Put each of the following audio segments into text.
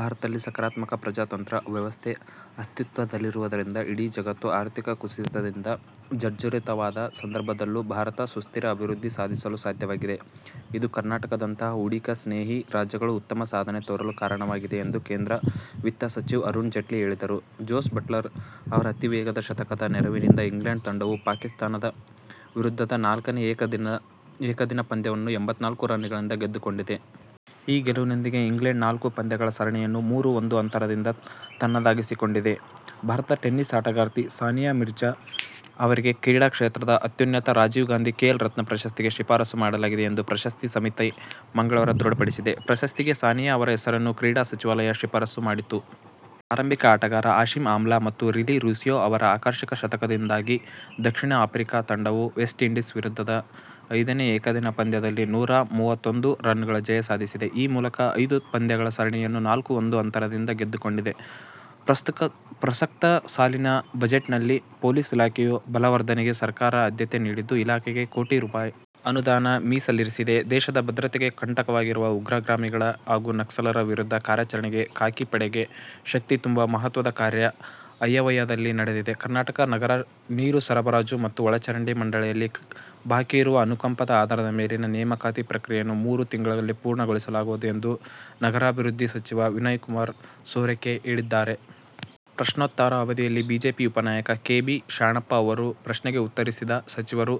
ಭಾರತದಲ್ಲಿ ಸಹಕಾರಾತ್ಮಕ ಪ್ರಜಾತಂತ್ರ ವ್ಯವಸ್ಥೆ ಅಸ್ತಿತ್ವದಲ್ಲಿರುವುದರಿಂದ ಇಡೀ ಜಗತ್ತು ಆರ್ಥಿಕ ಕುಸಿತದಿಂದ ಜರ್ಝರಿತವಾದ ಸಂದರ್ಭದಲ್ಲೂ ಭಾರತ ಸುಸ್ಥಿರ ಅಭಿವೃದ್ಧಿ ಸಾಧಿಸಲು ಸಾಧ್ಯವಾಗಿದೆ. ಇದು ಕರ್ನಾಟಕದಂತಹ ಹೂಡಿಕೆ ಸ್ನೇಹಿ ರಾಜ್ಯಗಳು ಉತ್ತಮ ಸಾಧನೆ ತೋರಲು ಕಾರಣವಾಗಿದೆ ಎಂದು ಕೇಂದ್ರ ವಿತ್ತ ಸಚಿವ ಅರುಣ್ ಜೇಟ್ಲಿ ಹೇಳಿದರು. ಜೋಸ್ ಬಟ್ಲರ್ ಅವರ ಅತೀವೇಗದ ಶತಕದ ನೆರವಿನಿಂದ ಇಂಗ್ಲೆಂಡ್ ತಂಡವು ಪಾಕಿಸ್ಥಾನ ವಿರುದ್ಧದ ನಾಲ್ಕನೇ ಏಕದಿನ ಪಂದ್ಯವನ್ನು ಎಂಭತ್ತನಾಲ್ಕು ರನ್ನುಗಳಿಂದ ಗೆದ್ದುಕೊಂಡಿದೆ. ಈ ಗೆಲುವಿನೊಂದಿಗೆ ಇಂಗ್ಲೆಂಡ್ ನಾಲ್ಕು ಪಂದ್ಯಗಳ ಸರಣಿಯನ್ನು ಮೂರು-ಒಂದು ಅಂತರದಿಂದ ತನ್ನದಾಗಿಸಿಕೊಂಡಿದೆ. ಭಾರತದ ಟೆನಿಸ್ ಆಟಗಾರ್ತಿ ಸಾನಿಯಾ ಮಿರ್ಜಾ ಅವರಿಗೆ ಕ್ರೀಡಾ ಕ್ಷೇತ್ರದ ಅತ್ಯುನ್ನತ ರಾಜೀವ್ ಗಾಂಧಿ ಖೇಲ್ ರತ್ನ ಪ್ರಶಸ್ತಿಗೆ ಶಿಫಾರಸು ಮಾಡಲಾಗಿದೆ ಎಂದು ಪ್ರಶಸ್ತಿ ಸಮಿತಿ ಮಂಗಳವಾರ ಧೃಡಪಡಿಸಿದೆ. ಪ್ರಶಸ್ತಿಗೆ ಸಾನಿಯಾ ಅವರ ಹೆಸರನ್ನು ಕ್ರೀಡಾ ಸಚಿವಾಲಯ ಶಿಫಾರಸು ಮಾಡಿತ್ತು. ಆರಂಭಿಕ ಆಟಗಾರ ಹಾಶಿಮ್ ಆಮ್ಲ ಮತ್ತು ರಿಲೀ ರೂಸ್ಯೊ ಅವರ ಆಕರ್ಷಕ ಶತಕದಿಂದಾಗಿ ದಕ್ಷಿಣ ಆಫ್ರಿಕಾ ತಂಡವು ವೆಸ್ಟ್ಇಂಡೀಸ್ ವಿರುದ್ಧದ ಐದನೇ ಏಕದಿನ ಪಂದ್ಯದಲ್ಲಿ ನೂರ ಮೂವತ್ತೊಂದು ರನ್ನುಗಳ ಜಯ ಸಾಧಿಸಿದೆ. ಈ ಮೂಲಕ ಐದು ಪಂದ್ಯಗಳ ಸರಣಿಯನ್ನು ನಾಲ್ಕು-ಒಂದು ಅಂತರದಿಂದ ಗೆದ್ದುಕೊಂಡಿದೆ. ಪ್ರಸಕ್ತ ಸಾಲಿನ ಬಜೆಟ್ನಲ್ಲಿ ಪೊಲೀಸ್ ಇಲಾಖೆಯ ಬಲವರ್ಧನೆಗೆ ಸರ್ಕಾರ ಆದ್ಯತೆ ನೀಡಿದ್ದು, ಇಲಾಖೆಗೆ ಕೋಟಿ ರೂ. ಅನುದಾನ ಮೀಸಲಿರಿಸಿದೆ. ದೇಶದ ಭದ್ರತೆಗೆ ಕಂಟಕವಾಗಿರುವ ಉಗ್ರಗಾಮಿಗಳು ಹಾಗೂ ನಕ್ಸಲರ ವಿರುದ್ಧ ಕಾರ್ಯಾಚರಣೆಗೆ ಖಾಕಿ ಪಡೆಗೆ ಶಕ್ತಿ ತುಂಬುವ ಮಹತ್ವದ ಕಾರ್ಯ ಆಯವ್ಯಯದಲ್ಲಿ ನಡೆದಿದೆ. ಕರ್ನಾಟಕ ನಗರ ನೀರು ಸರಬರಾಜು ಮತ್ತು ಒಳಚರಂಡಿ ಮಂಡಳಿಯಲ್ಲಿ ಬಾಕಿ ಇರುವ ಅನುಕಂಪದ ಆಧಾರದ ಮೇಲಿನ ನೇಮಕಾತಿ ಪ್ರಕ್ರಿಯೆಯನ್ನು ಮೂರು ತಿಂಗಳಲ್ಲಿ ಪೂರ್ಣಗೊಳಿಸಲಾಗುವುದು ಎಂದು ನಗರಾಭಿವೃದ್ಧಿ ಸಚಿವ ವಿನಯಕುಮಾರ್ ಸೊರಕೆ ಹೇಳಿದ್ದಾರೆ. ಪ್ರಶ್ನೋತ್ತರ ಅವಧಿಯಲ್ಲಿ ಬಿಜೆಪಿ ಉಪನಾಯಕ ಕೆ. ಬಿ. ಶಾಣಪ್ಪ ಅವರ ಪ್ರಶ್ನೆಗೆ ಉತ್ತರಿಸಿದ ಸಚಿವರು,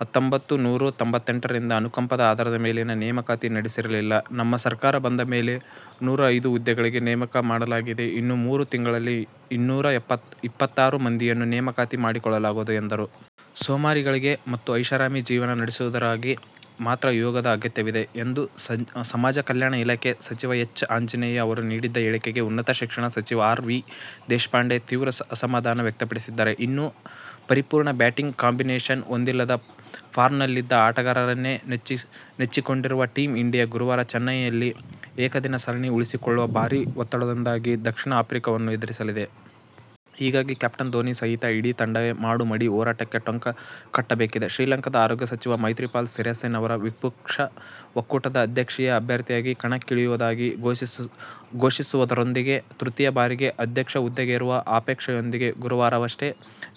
ಹತ್ತೊಂಬತ್ತು ನೂರ ತೊಂಬತ್ತೆಂಟರಿಂದ ಅನುಕಂಪದ ಆಧಾರದ ಮೇಲಿನ ನೇಮಕಾತಿ ನಡೆಸಿರಲಿಲ್ಲ. ನಮ್ಮ ಸರ್ಕಾರ ಬಂದ ಮೇಲೆ ನೂರ ಐದು ಹುದ್ದೆಗಳಿಗೆ ನೇಮಕ ಮಾಡಲಾಗಿದೆ. ಇನ್ನು ಮೂರು ತಿಂಗಳಲ್ಲಿ ಇನ್ನೂರ ಇಪ್ಪತ್ತಾರು ಮಂದಿಯನ್ನು ನೇಮಕಾತಿ ಮಾಡಿಕೊಳ್ಳಲಾಗುವುದು ಎಂದರು. "ಸೋಮಾರಿಗಳಿಗೆ ಮತ್ತು ಐಷಾರಾಮಿ ಜೀವನ ನಡೆಸುವವರಿಗೆ ಮಾತ್ರ ಯೋಗದ ಅಗತ್ಯವಿದೆ" ಎಂದು ಸಮಾಜ ಕಲ್ಯಾಣ ಇಲಾಖೆ ಸಚಿವ ಎಚ್. ಆಂಜನೇಯ ಅವರು ನೀಡಿದ್ದ ಹೇಳಿಕೆಗೆ ಉನ್ನತ ಶಿಕ್ಷಣ ಸಚಿವ ಆರ್. ವಿ. ದೇಶಪಾಂಡೆ ತೀವ್ರ ಅಸಮಾಧಾನ ವ್ಯಕ್ತಪಡಿಸಿದ್ದಾರೆ. ಇನ್ನೂ ಪರಿಪೂರ್ಣ ಬ್ಯಾಟಿಂಗ್ ಕಾಂಬಿನೇಶನ್ ಹೊಂದಿಲ್ಲದ, ಫಾರ್ಮ್ನಲ್ಲಿಲ್ಲದ ಆಟಗಾರರನ್ನೇ ನೆಚ್ಚಿಕೊಂಡಿರುವ ಟೀಮ್ ಇಂಡಿಯಾ ಗುರುವಾರ ಚೆನ್ನೈಯಲ್ಲಿ ಏಕದಿನ ಸರಣಿ ಉಳಿಸಿಕೊಳ್ಳುವ ಭಾರೀ ಒತ್ತಡದೊಂದಿಗೆ ದಕ್ಷಿಣ ಆಫ್ರಿಕಾವನ್ನು ಎದುರಿಸಲಿದೆ. ಹೀಗಾಗಿ ಕ್ಯಾಪ್ಟನ್ ಧೋನಿ ಸಹಿತ ಇಡೀ ತಂಡವೇ ಮಾಡು-ಮಡಿ ಹೋರಾಟಕ್ಕೆ ಟೊಂಕ ಕಟ್ಟಬೇಕಿದೆ. ಶ್ರೀಲಂಕಾದ ಆರೋಗ್ಯ ಸಚಿವ ಮೈತ್ರಿಪಾಲ ಸಿರಿಸೇನಾ ಅವರು ವಿಪಕ್ಷ ಒಕ್ಕೂಟದ ಅಧ್ಯಕ್ಷೀಯ ಅಭ್ಯರ್ಥಿಯಾಗಿ ಕಣಕ್ಕಿಳಿಯುವುದಾಗಿ ಘೋಷಿಸುವುದರೊಂದಿಗೆ ತೃತೀಯ ಬಾರಿಗೆ ಅಧ್ಯಕ್ಷ ಹುದ್ದೆಗೇರುವ ಅಪೇಕ್ಷೆಯೊಂದಿಗೆ ಗುರುವಾರವಷ್ಟೇ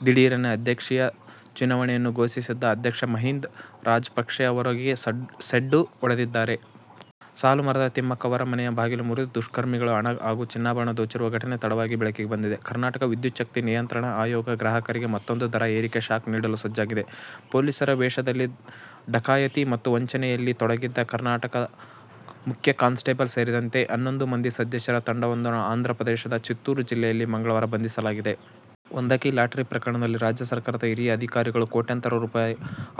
ದಿಢೀರನೆ ಅಧ್ಯಕ್ಷೀಯ ಚುನಾವಣೆಯನ್ನು ಘೋಷಿಸಿದ್ದ ಅಧ್ಯಕ್ಷ ಮಹೀಂದ ರಾಜಪಕ್ಷೆ ಅವರಿಗೆ ಸೆಡ್ಡು ಹೊಡೆದಿದ್ದಾರೆ. ಸಾಲು ಮರದ ತಿಮ್ಮಕ್ಕ ಅವರ ಮನೆಯ ಬಾಗಿಲು ಮುರಿದು ದುಷ್ಕರ್ಮಿಗಳು ಹಣ ಹಾಗೂ ಚಿನ್ನಾಭರಣ ದೋಚಿರುವ ಘಟನೆ ತಡವಾಗಿ ಬೆಳಕಿಗೆ ಬಂದಿದೆ. ಕರ್ನಾಟಕ ವಿದ್ಯುತ್ಛಕ್ತಿ ನಿಯಂತ್ರಣ ಆಯೋಗ ಗ್ರಾಹಕರಿಗೆ ಮತ್ತೂಂದು ದರ ಏರಿಕೆ ಶಾಕ್ ನೀಡಲು ಸಜ್ಜಾಗಿದೆ. ಪೊಲೀಸರ ವೇಷದಲ್ಲಿ ಡಕಾಯತಿ ಮತ್ತು ವಂಚನೆಯಲ್ಲಿ ತೊಡಗಿದ್ದ ಕರ್ನಾಟಕದ ಮುಖ್ಯ ಕಾನ್ಸ್ಟೆಬಲ್ ಸೇರಿದಂತೆ ಹನ್ನೊಂದು ಮಂದಿ ಸದಸ್ಯರ ತಂಡವೊಂದನ್ನು ಆಂಧ್ರ ಪ್ರದೇಶದ ಚಿತ್ತೂರು ಜಿಲ್ಲೆಯಲ್ಲಿ ಮಂಗಳವಾರ ಬಂಧಿಸಲಾಗಿದೆ. ಒಂದಂಕಿ ಲಾಟರಿ ಪ್ರಕರಣದಲ್ಲಿ ರಾಜ್ಯ ಸರ್ಕಾರದ ಹಿರಿಯ ಅಧಿಕಾರಿಗಳು ಕೋಟ್ಯಂತರ ರೂ.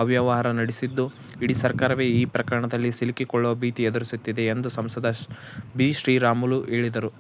ಅವ್ಯವಹಾರ ನಡೆಸಿದ್ದು, ಇಡೀ ಸರ್ಕಾರವೇ ಈ ಪ್ರಕರಣದಲ್ಲಿ ಸಿಲುಕಿಕೊಳ್ಳುವ ಭೀತಿ ಎದುರಿಸುತ್ತಿದೆ ಎಂದು ಸಂಸದ ಬಿ. ಶ್ರೀರಾಮುಲು ಹೇಳಿದರು.